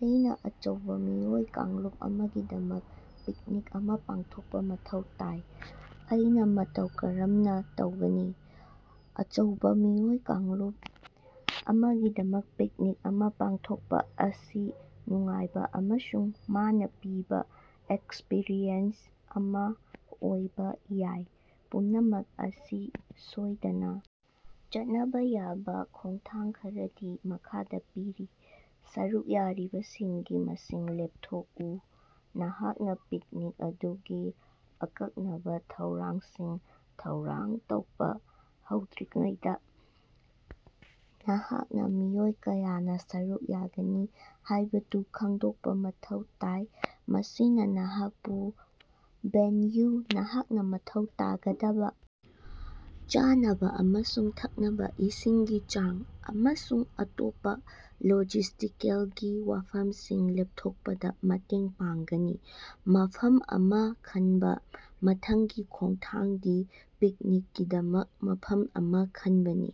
ꯑꯩꯅꯥ ꯑꯆꯧꯕꯥ ꯃꯤꯑꯣꯏ ꯀꯥꯡꯂꯨꯞ ꯑꯃꯒꯤꯗꯃꯛ ꯄꯤꯛꯅꯤꯛ ꯑꯃꯥ ꯄꯥꯡꯊꯣꯛꯄꯥ ꯃꯊꯧ ꯇꯥꯏ꯫ ꯑꯩꯅꯥ ꯃꯇꯧ ꯀꯔꯝꯅꯥ ꯇꯧꯒꯅꯤ? ꯑꯆꯧꯕꯥ ꯃꯤꯑꯣꯏ ꯀꯥꯡꯂꯨꯞ ꯑꯃꯒꯤꯗꯃꯛ ꯄꯤꯛꯅꯤꯛ ꯑꯃꯥ ꯄꯥꯡꯊꯣꯛꯄꯥ ꯑꯁꯤ ꯅꯨꯡꯉꯥꯏꯕꯥ ꯑꯃꯁꯨꯡ ꯃꯅꯥ ꯄꯤꯕꯥ ꯑꯦꯛꯁꯄ꯭ꯔꯤꯌꯦꯟꯁ ꯑꯃꯥ ꯑꯣꯏꯕꯥ ꯌꯥꯏ꯫ ꯄꯨꯝꯅꯃꯛ ꯑꯁꯤ ꯁꯣꯏꯗꯅꯥ ꯆꯠꯅꯕꯥ ꯌꯥꯕꯥ ꯈꯣꯡꯊꯥꯡ ꯈꯔꯗꯤ ꯃꯈꯥꯗꯥ ꯄꯤꯔꯤ: ꯁꯔꯨꯛ ꯌꯥꯔꯤꯕꯁꯤꯡꯒꯤ ꯃꯁꯤꯡ ꯂꯦꯞꯊꯣꯛꯎ: ꯅꯍꯥꯛꯅꯥ ꯄꯤꯛꯅꯤꯛ ꯑꯗꯨꯒꯤ ꯑꯀꯛꯅꯕꯥ ꯊꯧꯔꯥꯡꯁꯤꯡ ꯊꯧꯔꯥꯡ ꯇꯧꯕꯥ ꯍꯧꯗ꯭ꯔꯤꯉꯩꯗꯥ, ꯅꯍꯥꯛꯅꯥ ꯃꯤꯑꯣꯏ ꯀꯌꯥꯅꯥ ꯁꯔꯨꯛ ꯌꯥꯒꯅꯤ ꯍꯥꯏꯕꯗꯨ ꯈꯪꯗꯣꯛꯄꯥ ꯃꯊꯧ ꯇꯥꯏ꯫ ꯃꯁꯤꯅꯥ ꯅꯍꯥꯛꯄꯨ ꯚꯦꯟꯌꯨ, ꯅꯍꯥꯛꯅꯥ ꯃꯊꯧ ꯇꯥꯒꯗꯕꯥ ꯆꯥꯅꯕꯥ ꯑꯃꯁꯨꯡ ꯊꯛꯅꯕꯥ ꯏꯁꯤꯡꯒꯤ ꯆꯥꯡ, ꯑꯃꯁꯨꯡ ꯑꯇꯣꯞꯄꯥ ꯂꯣꯖꯤꯁꯇꯤꯀꯦꯜꯒꯤ ꯋꯥꯐꯝꯁꯤꯡ ꯂꯦꯞꯊꯣꯛꯄꯗꯥ ꯃꯇꯦꯡ ꯄꯥꯡꯒꯅꯤ꯫ ꯃꯐꯝ ꯑꯃꯥ ꯈꯟꯕꯥ: ꯃꯊꯪꯒꯤ ꯈꯣꯡꯊꯥꯡꯗꯤ ꯄꯤꯛꯅꯤꯛꯀꯤꯗꯃꯛ ꯃꯐꯝ ꯑꯃꯥ ꯈꯟꯕꯅꯤ꯫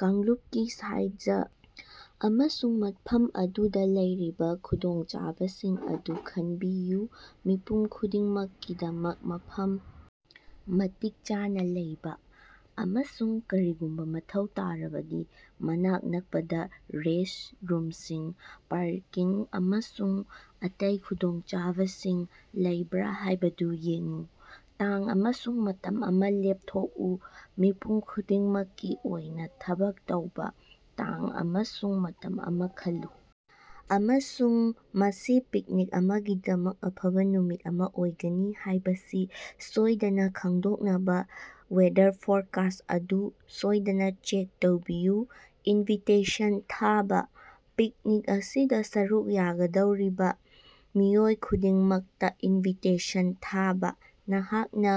ꯀꯥꯡꯂꯨꯞꯀꯤ ꯁꯥꯏꯖ ꯑꯃꯁꯨꯡ ꯃꯐꯝ ꯑꯗꯨꯗꯥ ꯂꯩꯔꯤꯕꯥ ꯈꯨꯗꯣꯡꯆꯥꯕꯁꯤꯡ ꯑꯗꯨ ꯈꯟꯅꯕꯤꯌꯨ꯫ ꯃꯤꯄꯨꯝ ꯈꯨꯗꯤꯡꯃꯛꯀꯤꯗꯃꯛ ꯃꯐꯝ ꯃꯇꯤꯛ ꯆꯥꯅꯥ ꯂꯩꯕꯥ, ꯑꯃꯁꯨꯡ ꯀꯔꯤꯒꯨꯝꯕꯥ ꯃꯊꯧ ꯇꯥꯔꯕꯗꯤ ꯃꯅꯥꯛ ꯅꯛꯄꯗꯥ ꯔꯦꯁ ꯔꯨꯝꯁꯤꯡ, ꯄꯥꯔꯀꯤꯡ ꯑꯃꯁꯨꯡ ꯑꯇꯩ ꯈꯨꯗꯣꯡꯆꯥꯕꯁꯤꯡ ꯂꯩꯕ꯭ꯔꯥ ꯍꯥꯏꯕꯗꯨ ꯌꯦꯡꯎ꯫ ꯇꯥꯡ ꯑꯃꯁꯨꯡ ꯃꯇꯝ ꯑꯃꯥ ꯂꯦꯞꯊꯣꯛꯎ: ꯃꯤꯄꯨꯝ ꯈꯨꯗꯤꯡꯃꯛꯀꯤ ꯑꯣꯏꯅꯥ ꯊꯕꯛ ꯇꯧꯕꯥ ꯇꯥꯡ ꯑꯃꯁꯨꯡ ꯃꯇꯝ ꯑꯃꯥ ꯈꯜꯂꯨ, ꯑꯃꯁꯨꯡ ꯃꯁꯤ ꯄꯤꯛꯅꯤꯛ ꯑꯃꯒꯤꯗꯃꯛ ꯑꯐꯕꯥ ꯅꯨꯃꯤꯠ ꯑꯃꯥ ꯑꯣꯏꯒꯅꯤ ꯍꯥꯏꯕꯁꯤ ꯁꯣꯏꯗꯅꯥ ꯈꯪꯗꯣꯛꯅꯕꯥ ꯋꯦꯗꯔ ꯐꯣꯔꯀꯥꯁ ꯑꯗꯨ ꯁꯣꯏꯗꯅꯥ ꯆꯦꯛ ꯇꯧꯕꯤꯌꯨ꯫ ꯏꯟꯚꯤꯇꯦꯁꯟ ꯊꯥꯕꯥ: ꯄꯤꯛꯅꯤꯛ ꯑꯁꯤꯗꯥ ꯁꯔꯨꯛ ꯌꯥꯒꯗꯧꯔꯤꯕꯥ ꯃꯤꯑꯣꯏ ꯈꯨꯗꯤꯡꯃꯛꯇꯥ ꯏꯟꯚꯤꯇꯦꯁꯟ ꯊꯥꯕꯥ꯫ ꯅꯍꯥꯛꯅꯥ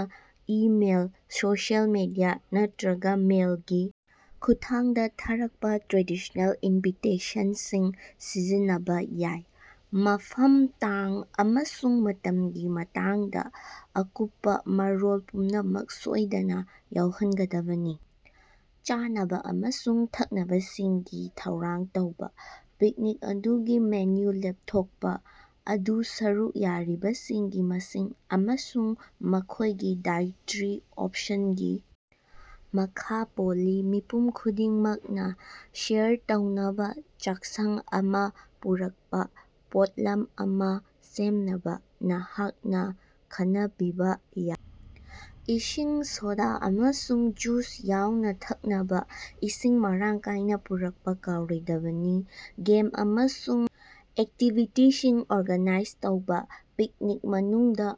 ꯏꯃꯦꯜ, ꯁꯣꯁꯤꯑꯦꯜ ꯃꯦꯗꯤꯌꯥ, ꯅꯠꯇ꯭ꯔꯒꯥ ꯃꯦꯜꯒꯤ ꯈꯨꯠꯊꯥꯡꯗꯥ ꯊꯥꯔꯛꯄꯥ ꯇ꯭ꯔꯦꯗꯤꯁꯅꯦꯜ ꯏꯟꯚꯤꯇꯦꯁꯟꯁꯤꯡ ꯁꯤꯖꯤꯟꯅꯕꯥ ꯌꯥꯏ꯫ ꯃꯐꯝ, ꯇꯥꯡ ꯑꯃꯁꯨꯡ ꯃꯇꯝꯒꯤ ꯃꯇꯥꯡꯗꯥ ꯑꯀꯨꯞꯄꯥ ꯃꯔꯣꯜ ꯄꯨꯝꯅꯃꯛ ꯁꯣꯏꯗꯅꯥ ꯌꯥꯎꯍꯟꯒꯗꯕꯅꯤ꯫ ꯆꯥꯅꯕꯥ ꯑꯃꯁꯨꯡ ꯊꯛꯅꯕꯁꯤꯡꯒꯤ ꯊꯧꯔꯥꯡ ꯇꯧꯕꯥ: ꯄꯤꯛꯅꯤꯛ ꯑꯗꯨꯒꯤ ꯃꯦꯅꯨ ꯂꯦꯞꯊꯣꯛꯄꯥ, ꯃꯗꯨ ꯁꯔꯨꯛ ꯌꯥꯔꯤꯕꯁꯤꯡꯒꯤ ꯃꯁꯤꯡ ꯑꯃꯁꯨꯡ ꯃꯈꯣꯏꯒꯤ ꯗꯥꯏꯠꯇꯔꯤ ꯑꫭꯞꯁꯟꯒꯤ ꯃꯈꯥ ꯄꯣꯜꯂꯤ꯫ ꯃꯤꯄꯨꯝ ꯈꯨꯗꯤꯡꯃꯛꯅꯥ ꯁꯦꯌꯔ ꯇꯧꯅꯕꯥ ꯆꯥꯛꯁꯪ ꯑꯃꯥ ꯄꯨꯔꯛꯄꯥ ꯄꯣꯠꯂꯝ ꯑꯃꯥ ꯁꯦꯝꯅꯕꯥ ꯅꯍꯥꯛꯅꯥ ꯈꯟꯅꯕꯤꯕꯥ ꯌꯥꯏ꯫ ꯏꯁꯤꯡ, ꯁꯣꯗꯥ ꯑꯃꯁꯨꯡ ꯖꯨꯁ ꯌꯥꯎꯅꯥ ꯊꯛꯅꯕꯥ ꯏꯁꯤꯡ ꯃꯔꯥꯡ ꯀꯥꯏꯅꯥ ꯄꯨꯔꯛꯄꯥ ꯀꯥꯎꯔꯣꯏꯗꯕꯅꯤ꯫ ꯒꯦꯝ ꯑꯃꯁꯨꯡ ꯑꯦꯛꯇꯤꯚꯤꯇꯤꯁꯤꯡ ꯑꯣꯔꯒꯥꯅꯥꯏꯖ ꯇꯧꯕꯥ: ꯄꯤꯛꯅꯤꯛ ꯃꯅꯨꯡꯗꯥ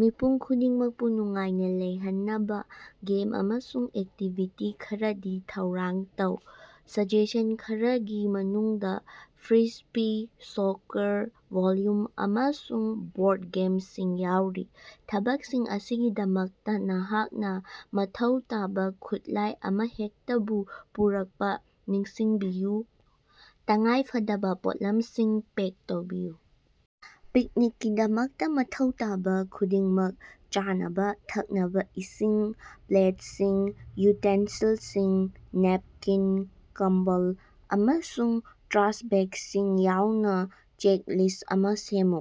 ꯃꯤꯄꯨꯝ ꯈꯨꯗꯤꯡꯃꯛꯄꯨ ꯅꯨꯡꯉꯥꯏꯅꯥ ꯂꯩꯍꯟꯅꯕꯥ ꯒꯦꯝ ꯑꯃꯁꯨꯡ ꯑꯦꯛꯇꯤꯚꯤꯇꯤ ꯈꯔꯗꯤ ꯊꯧꯔꯥꯡ ꯇꯧ꯫ ꯁꯖꯦꯁꯟ ꯈꯔꯒꯤ ꯃꯅꯨꯡꯗꯥ ꯐ꯭ꯔꯤꯁꯕꯤ, ꯁꯣꯀꯔ, ꯚꯣꯜꯌꯨꯝ, ꯑꯃꯁꯨꯡ ꯕꯣꯔꯗ ꯒꯦꯝꯁꯤꯡ ꯌꯥꯎꯔꯤ꯫ ꯊꯕꯛꯁꯤꯡ ꯑꯁꯤꯒꯤꯗꯃꯛꯇꯥ ꯅꯍꯥꯛꯅꯥ ꯃꯊꯧ ꯇꯥꯕꯥ ꯈꯨꯠꯂꯥꯏ ꯑꯃꯍꯦꯛꯇꯕꯨ ꯄꯨꯔꯛꯄꯥ ꯅꯤꯡꯁꯤꯡꯕꯤꯌꯨ꯫ ꯇꯉꯥꯏꯐꯗꯕꯥ ꯄꯣꯠꯂꯝꯁꯤꯡ ꯄꯦꯛ ꯇꯧꯕꯤꯌꯨ: ꯄꯤꯛꯅꯤꯛꯀꯤꯗꯃꯛꯇꯥ ꯃꯊꯧ ꯇꯥꯕꯥ ꯈꯨꯗꯤꯡꯃꯛ, ꯆꯥꯅꯕꯥ, ꯊꯛꯅꯕꯥ ꯏꯁꯤꯡ, ꯄ꯭ꯂꯦꯠꯁꯤꯡ, ꯌꯨꯇꯦꯟꯁꯤꯜꯁꯤꯡ, ꯅꯦꯞꯀꯤꯟ, ꯀꯝꯕꯜ, ꯑꯃꯁꯨꯡ ꯇ꯭ꯔꯥꯁ ꯕꯦꯒꯁꯤꯡ ꯌꯥꯎꯅꯥ ꯆꯦꯛꯂꯤꯁ꯭ꯠ ꯑꯃꯥ ꯁꯦꯝꯃꯨ꯫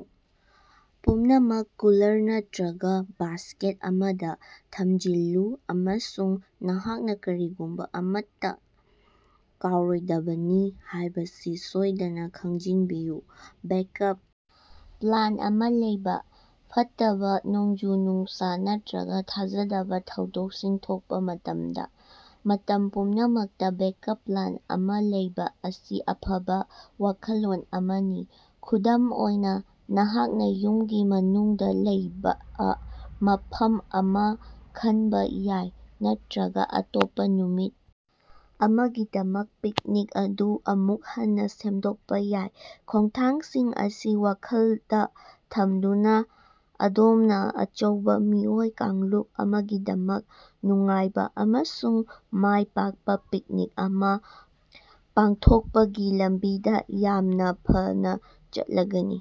ꯄꯨꯝꯅꯃꯛ ꯀꯨꯂꯔ ꯅꯠꯇ꯭ꯔꯒꯥ ꯕꯥꯁ꯭ꯀꯦꯠ ꯑꯃꯗꯥ ꯊꯝꯖꯤꯜꯂꯨ ꯑꯃꯁꯨꯡ ꯅꯍꯥꯛꯅꯥ ꯀꯔꯤꯒꯨꯝꯕꯥ ꯑꯃꯠꯇꯥ ꯀꯥꯎꯔꯣꯏꯗꯕꯅꯤ ꯍꯥꯏꯕꯁꯤ ꯁꯣꯏꯗꯅꯥ ꯈꯪꯖꯤꯟꯕꯤꯌꯨ꯫ ꯕꯦꯛꯑꯞ ꯄ꯭ꯂꯥꯟ ꯑꯃꯥ ꯂꯩꯕꯥ: ꯐꯠꯇꯕꯥ ꯅꯣꯡꯖꯨ-ꯅꯨꯡꯁꯥ ꯅꯠꯇ꯭ꯔꯒꯥ ꯊꯥꯖꯗꯕꯥ ꯊꯧꯗꯣꯛꯁꯤꯡ ꯊꯣꯛꯄꯥ ꯃꯇꯝꯗꯥ, ꯃꯇꯝ ꯄꯨꯝꯅꯃꯛꯇꯥ ꯕꯦꯛꯑꯞ ꯄ꯭ꯂꯥꯟ ꯑꯃꯥ ꯂꯩꯕꯥ ꯑꯁꯤ ꯑꯐꯕꯥ ꯋꯥꯈꯜꯂꯣꯟ ꯑꯃꯅꯤ꯫ ꯈꯨꯗꯝ ꯑꯣꯏꯅꯥ, ꯅꯍꯥꯛꯅꯥ ꯌꯨꯝꯒꯤ ꯃꯅꯨꯡꯗꯥ ꯂꯩꯕꯥ ꯃꯐꯝ ꯑꯃꯥ ꯈꯟꯕꯥ ꯌꯥꯏ ꯅꯠꯇ꯭ꯔꯒꯥ ꯑꯇꯣꯞꯄꯥ ꯅꯨꯃꯤꯠ ꯑꯃꯒꯤꯗꯃꯛ ꯄꯤꯛꯅꯤꯛ ꯑꯗꯨ ꯑꯃꯨꯛ ꯍꯟꯅꯥ ꯁꯦꯝꯗꯣꯛꯄꯥ ꯌꯥꯏ꯫ ꯈꯣꯡꯊꯥꯡꯁꯤꯡ ꯑꯁꯤ ꯋꯥꯈꯜꯗꯥ ꯊꯝꯗꯨꯅꯥ, ꯑꯗꯣꯝꯅꯥ ꯑꯆꯧꯕꯥ ꯃꯤꯑꯣꯏ ꯀꯥꯡꯂꯨꯞ ꯑꯃꯒꯤꯗꯃꯛ ꯅꯨꯡꯉꯥꯏꯕꯥ ꯑꯃꯁꯨꯡ ꯃꯥꯏ ꯄꯥꯛꯄꯥ ꯄꯤꯛꯅꯤꯛ ꯑꯃꯥ ꯄꯥꯡꯊꯣꯛꯄꯒꯤ ꯂꯝꯕꯤꯗꯥ ꯌꯥꯝꯅꯥ ꯐꯅꯥ ꯆꯠꯂꯒꯅꯤ꯫